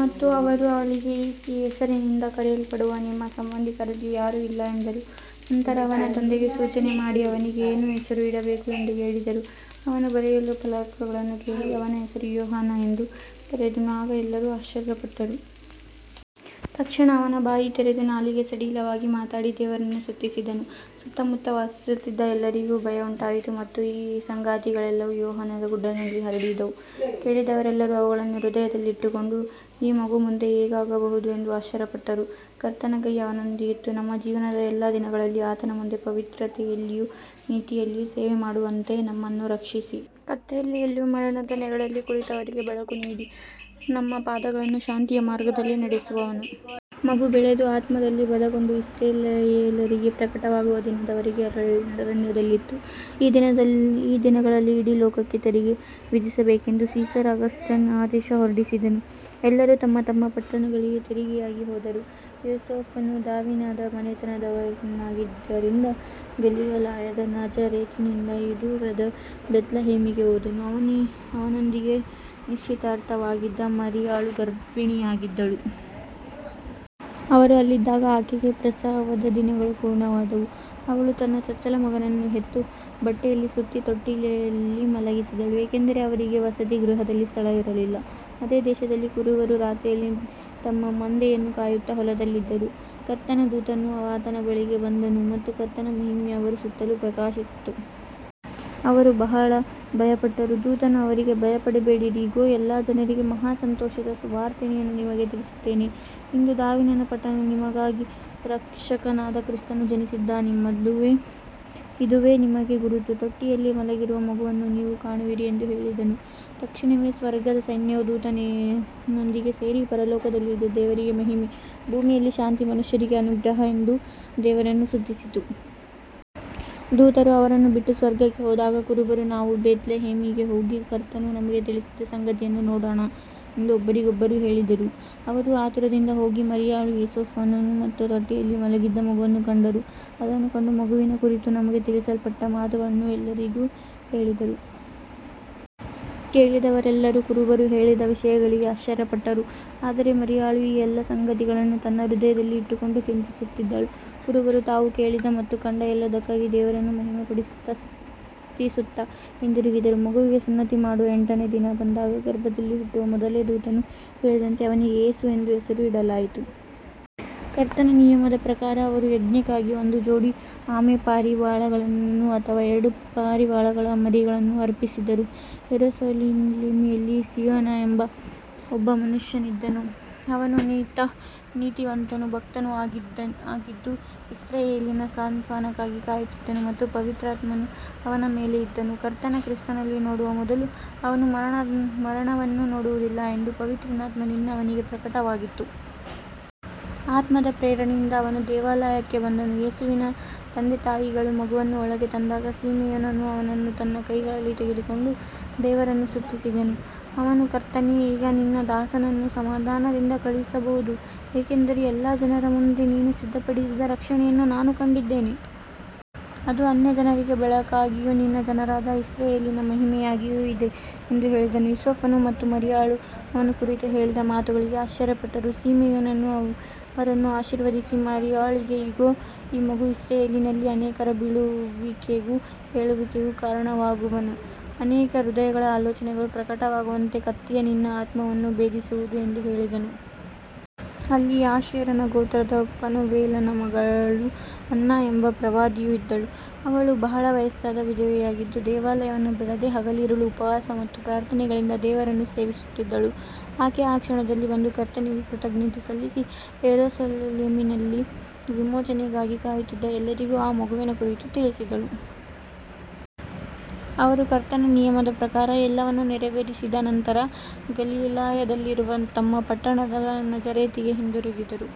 ಮತ್ತು ಅವರು ಅವಳಿಗೆ, ಈ ಹೆಸರಿನಿಂದ ಕರೆಯಲ್ಪಡುವ ನಿಮ್ಮ ಸಂಬಂಧಿಕರಲ್ಲಿ ಯಾರೂ ಇಲ್ಲ ಎಂದರು. ನಂತರ ಅವನ ತಂದೆಗೆ ಸೂಚನೆ ಮಾಡಿ, ಅವನಿಗೆ ಏನು ಹೆಸರು ಇಡಬೇಕು ಎಂದು ಕೇಳಿದರು. ಅವನು ಬರೆಯಲು ಫಲಕವನ್ನು ಕೇಳಿ, ಅವನ ಹೆಸರು ಯೋಹಾನ ಎಂದು ಬರೆದನು. ಆಗ ಎಲ್ಲರೂ ಆಶ್ಚರ್ಯಪಟ್ಟರು. ತಕ್ಷಣ ಅವನ ಬಾಯಿ ತೆರೆದು ನಾಲಿಗೆ ಸಡಿಲವಾಗಿ ಮಾತಾಡಿ ದೇವರನ್ನು ಸ್ತುತಿಸಿದನು. ಸುತ್ತಮುತ್ತ ವಾಸಿಸುತ್ತಿದ್ದ ಎಲ್ಲರಿಗೂ ಭಯವುಂಟಾಯಿತು ಮತ್ತು ಈ ಸಂಗತಿಗಳೆಲ್ಲವೂ ಯೆಹೂದದ ಗುಡ್ಡನಾಡಿನಲ್ಲಿ ಹರಡಿದವು. ಕೇಳಿದವರೆಲ್ಲರೂ ಅವುಗಳನ್ನು ಹೃದಯದಲ್ಲಿ ಇಟ್ಟುಕೊಂಡು, ಈ ಮಗು ಮುಂದೆ ಹೇಗಾಗಬಹುದು ಎಂದು ಆಶ್ಚರ್ಯಪಟ್ಟರು. ಕರ್ತನ ಕೈ ಅವನೊಂದಿಗಿತ್ತು. ನಮ್ಮ ಜೀವನದ ಎಲ್ಲಾ ದಿನಗಳಲ್ಲೂ ಆತನ ಮುಂದೆ ಪವಿತ್ರತೆಯಲ್ಲಿಯೂ ನೀತಿಯಲ್ಲಿಯೂ ಸೇವೆಮಾಡುವಂತೆ ನಮ್ಮನ್ನು ರಕ್ಷಿಸಿ, ಕತ್ತಲೆಯಲ್ಲೂ ಮರಣದ ನೆರಳಲ್ಲೂ ಕುಳಿತವರಿಗೆ ಬೆಳಕು ನೀಡಿ, ನಮ್ಮ ಪಾದಗಳನ್ನು ಶಾಂತಿಯ ಮಾರ್ಗದಲ್ಲಿ ನಡೆಸುವನು. ಮಗು ಬೆಳೆದು ಆತ್ಮದಲ್ಲಿ ಬಲಗೊಂಡು, ಇಸ್ರಾಯೇಲ್ಯರಿಗೆ ಪ್ರಕಟವಾಗುವ ದಿನದವರೆಗೆ ಅರಣ್ಯದಲ್ಲಿತ್ತು. ಆ ದಿನಗಳಲ್ಲಿ ಇಡೀ ಲೋಕಕ್ಕೆ ತೆರಿಗೆ ವಿಧಿಸಬೇಕೆಂದು ಸೀಸರ್ ಅಗಸ್ಟಸ್ ಆದೇಶ ಹೊರಡಿಸಿದನು. ಎಲ್ಲರೂ ತಮ್ಮ ತಮ್ಮ ಪಟ್ಟಣಗಳಿಗೆ ತೆರಿಗೆಗಾಗಿ ಹೋದರು. ಯೋಸೇಫನು ದಾವೀದನ ಮನೆತನದವನಾಗಿದ್ದರಿಂದ ಗಲಿಲಾಯದ ನಜರೇತಿನಿಂದ ಯೂದಾಯದ ಬೆತ್ಲೆಹೇಮಿಗೆ ಹೋದನು. ಅವನೊಂದಿಗೆ ನಿಶ್ಚಿತಾರ್ಥವಾಗಿದ್ದ ಮರಿಯಳು ಗರ್ಭಿಣಿಯಾಗಿದ್ದಳು. ಅವರು ಅಲ್ಲಿದ್ದಾಗ ಆಕೆಗೆ ಪ್ರಸವದ ದಿನಗಳು ಪೂರ್ಣವಾದವು. ಅವಳು ತನ್ನ ಚೊಚ್ಚಲ ಮಗನನ್ನು ಹೆತ್ತು, ಬಟ್ಟೆಯಲ್ಲಿ ಸುತ್ತಿ ತೊಟ್ಟಿಯಲ್ಲಿ ಮಲಗಿಸಿದಳು, ಏಕೆಂದರೆ ಅವರಿಗೆ ವಸತಿಗೃಹದಲ್ಲಿ ಸ್ಥಳವಿರಲಿಲ್ಲ. ಅದೇ ದೇಶದಲ್ಲಿ ಕುರುಬರು ರಾತ್ರಿಯಲ್ಲಿ ತಮ್ಮ ಮಂದೆಯನ್ನು ಕಾಯುತ್ತಾ ಹೊಲದಲ್ಲಿದ್ದರು. ಕರ್ತನ ದೂತನು ಅವರ ಬಳಿಗೆ ಬಂದನು ಮತ್ತು ಕರ್ತನ ಮಹಿಮೆ ಅವರ ಸುತ್ತಲೂ ಪ್ರಕಾಶಿಸಿತು. ಅವರು ಬಹಳ ಭಯಪಟ್ಟರು. ದೂತನು ಅವರಿಗೆ, ಭಯಪಡಬೇಡಿರಿ, ಇಗೋ, ಎಲ್ಲಾ ಜನರಿಗೆ ಮಹಾ ಸಂತೋಷದ ಸುವಾರ್ತೆಯನ್ನು ನಿಮಗೆ ತಿಳಿಸುತ್ತೇನೆ. ಇಂದು ದಾವೀದನ ಪಟ್ಟಣದಲ್ಲಿ ನಿಮಗಾಗಿ ರಕ್ಷಕನಾದ ಕ್ರಿಸ್ತನು ಜನಿಸಿದ್ದಾನೆ. ಇದುವೇ ನಿಮಗೆ ಗುರುತು, ತೊಟ್ಟಿಯಲ್ಲಿ ಮಲಗಿರುವ ಮಗುವನ್ನು ನೀವು ಕಾಣುವಿರಿ ಎಂದು ಹೇಳಿದನು. ತಕ್ಷಣವೇ ಸ್ವರ್ಗದ ಸೈನ್ಯವು ದೂತನೊಂದಿಗೆ ಸೇರಿ, ಪರಲೋಕದಲ್ಲಿ ದೇವರಿಗೆ ಮಹಿಮೆ, ಭೂಮಿಯಲ್ಲಿ ಶಾಂತಿ, ಮನುಷ್ಯರಿಗೆ ಅನುಗ್ರಹ ಎಂದು ದೇವರನ್ನು ಸ್ತುತಿಸಿತು. ದೂತರು ಅವರನ್ನು ಬಿಟ್ಟು ಸ್ವರ್ಗಕ್ಕೆ ಹೋದಾಗ ಕುರುಬರು, ನಾವು ಬೆತ್ಲೆಹೇಮಿಗೆ ಹೋಗಿ ಕರ್ತನು ನಮಗೆ ತಿಳಿಸಿದ ಸಂಗತಿಯನ್ನು ನೋಡೋಣ ಎಂದು ಒಬ್ಬರಿಗೊಬ್ಬರು ಹೇಳಿದರು. ಅವರು ಆತುರದಿಂದ ಹೋಗಿ ಮರಿಯಳು, ಯೋಸೇಫನು ಮತ್ತು ತೊಟ್ಟಿಯಲ್ಲಿ ಮಲಗಿದ್ದ ಮಗುವನ್ನು ಕಂಡರು. ಅದನ್ನು ಕಂಡು ಮಗುವಿನ ಕುರಿತು ತಮಗೆ ತಿಳಿಸಲ್ಪಟ್ಟ ಮಾತುಗಳನ್ನು ಎಲ್ಲರಿಗೂ ಹೇಳಿದರು. ಕೇಳಿದವರೆಲ್ಲರೂ ಕುರುಬರು ಹೇಳಿದ ವಿಷಯಗಳಿಗೆ ಆಶ್ಚರ್ಯಪಟ್ಟರು. ಆದರೆ ಮರಿಯಳು ಈ ಎಲ್ಲಾ ಸಂಗತಿಗಳನ್ನು ತನ್ನ ಹೃದಯದಲ್ಲಿ ಇಟ್ಟುಕೊಂಡು ಚಿಂತಿಸುತ್ತಿದ್ದಳು. ಕುರುಬರು ತಾವು ಕೇಳಿದ ಮತ್ತು ಕಂಡ ಎಲ್ಲದಕ್ಕಾಗಿ ದೇವರನ್ನು ಮಹಿಮೆಪಡಿಸುತ್ತಾ ಸ್ತುತಿಸುತ್ತಾ ಹಿಂದಿರುಗಿದರು. ಮಗುವಿಗೆ ಸುನ್ನತಿ ಮಾಡುವ ಎಂಟನೇ ದಿನ ಬಂದಾಗ, ಗರ್ಭದಲ್ಲಿ ಹುಟ್ಟುವ ಮೊದಲೇ ದೂತನು ಹೇಳಿದಂತೆ ಅವನಿಗೆ ಯೇಸು ಎಂದು ಹೆಸರು ಇಡಲಾಯಿತು. ಕರ್ತನ ನಿಯಮದ ಪ್ರಕಾರ ಅವರು ಯಜ್ಞವಾಗಿ ಒಂದು ಜೋಡಿ ಆಮೆಪಾರಿವಾಳಗಳನ್ನು ಅಥವಾ ಎರಡು ಪಾರಿವಾಳದ ಮರಿಗಳನ್ನು ಅರ್ಪಿಸಿದರು. ಯೆರೂಸಲೇಮಿನಲ್ಲಿ ಸಿಮೆಯೋನ ಎಂಬ ಒಬ್ಬ ಮನುಷ್ಯನಿದ್ದನು. ಅವನು ನೀತಿವಂತನೂ ಭಕ್ತನೂ ಆಗಿದ್ದು, ಇಸ್ರಾಯೇಲಿನ ಸಾಂತ್ವನಕ್ಕಾಗಿ ಕಾಯುತ್ತಿದ್ದನು ಮತ್ತು ಪವಿತ್ರಾತ್ಮನು ಅವನ ಮೇಲೆ ಇದ್ದನು. ಕರ್ತನ ಕ್ರಿಸ್ತನನ್ನು ನೋಡುವ ಮೊದಲು ಅವನು ಮರಣವನ್ನು ನೋಡುವುದಿಲ್ಲ ಎಂದು ಪವಿತ್ರಾತ್ಮದಿಂದ ಅವನಿಗೆ ಪ್ರಕಟವಾಗಿತ್ತು. ಆತ್ಮದ ಪ್ರೇರಣೆಯಿಂದ ಅವನು ದೇವಾಲಯಕ್ಕೆ ಬಂದನು. ಯೇಸುವಿನ ತಂದೆತಾಯಿಗಳು ಮಗುವನ್ನು ಒಳಗೆ ತಂದಾಗ ಸಿಮೆಯೋನನು ಅವನನ್ನು ತನ್ನ ಕೈಗಳಲ್ಲಿ ತೆಗೆದುಕೊಂಡು ದೇವರನ್ನು ಸ್ತುತಿಸಿದನು. ಅವನು, ಕರ್ತನೇ, ಈಗ ನಿನ್ನ ದಾಸನನ್ನು ಸಮಾಧಾನದಿಂದ ಕಳುಹಿಸಬಹುದು, ಏಕೆಂದರೆ ಎಲ್ಲಾ ಜನರ ಮುಂದೆ ನೀನು ಸಿದ್ಧಪಡಿಸಿದ ರಕ್ಷಣೆಯನ್ನು ನಾನು ಕಂಡಿದ್ದೇನೆ. ಅದು ಅನ್ಯಜನರಿಗೆ ಬೆಳಕಾಗಿಯೂ ನಿನ್ನ ಜನರಾದ ಇಸ್ರಾಯೇಲಿನ ಮಹಿಮೆಯಾಗಿಯೂ ಇದೆ ಎಂದು ಹೇಳಿದನು. ಯೋಸೇಫನು ಮತ್ತು ಮರಿಯಳು ಅವನ ಕುರಿತು ಹೇಳಿದ ಮಾತುಗಳಿಗೆ ಆಶ್ಚರ್ಯಪಟ್ಟರು. ಸಿಮೆಯೋನನು ಅವರನ್ನು ಆಶೀರ್ವದಿಸಿ ಮರಿಯಳಿಗೆ, ಇಗೋ, ಈ ಮಗು ಇಸ್ರಾಯೇಲಿನಲ್ಲಿ ಅನೇಕರ ಬೀಳುವಿಕೆಗೂ ಏಳುವಿಕೆಗೂ ಕಾರಣವಾಗುವನು. ಅನೇಕ ಹೃದಯಗಳ ಆಲೋಚನೆಗಳು ಪ್ರಕಟವಾಗುವಂತೆ ಕತ್ತಿಯು ನಿನ್ನ ಆತ್ಮವನ್ನೂ ಭೇದಿಸುವುದು ಎಂದು ಹೇಳಿದನು. ಅಲ್ಲಿ ಆಶೇರನ ಗೋತ್ರದ ಫನೂವೇಲನ ಮಗಳು ಅನ್ನ ಎಂಬ ಪ್ರವಾದಿನಿಯೂ ಇದ್ದಳು. ಅವಳು ಬಹಳ ವಯಸ್ಸಾದ ವಿಧವೆಯಾಗಿದ್ದು, ದೇವಾಲಯವನ್ನು ಬಿಡದೆ ಹಗಲಿರುಳು ಉಪವಾಸ ಮತ್ತು ಪ್ರಾರ್ಥನೆಗಳಿಂದ ದೇವರನ್ನು ಸೇವಿಸುತ್ತಿದ್ದಳು. ಆಕೆ ಆ ಕ್ಷಣದಲ್ಲಿ ಬಂದು ಕರ್ತನಿಗೆ ಕೃತಜ್ಞತೆ ಸಲ್ಲಿಸಿ, ಯೆರೂಸಲೇಮಿನಲ್ಲಿ ವಿಮೋಚನೆಗಾಗಿ ಕಾಯುತ್ತಿದ್ದ ಎಲ್ಲರಿಗೂ ಆ ಮಗುವಿನ ಕುರಿತು ತಿಳಿಸಿದಳು. ಅವರು ಕರ್ತನ ನಿಯಮದ ಪ್ರಕಾರ ಎಲ್ಲವನ್ನೂ ನೆರವೇರಿಸಿದ ನಂತರ ಗಲಿಲಾಯದಲ್ಲಿರುವ ತಮ್ಮ ಪಟ್ಟಣವಾದ ನಜರೇತಿಗೆ ಹಿಂದಿರುಗಿದರು.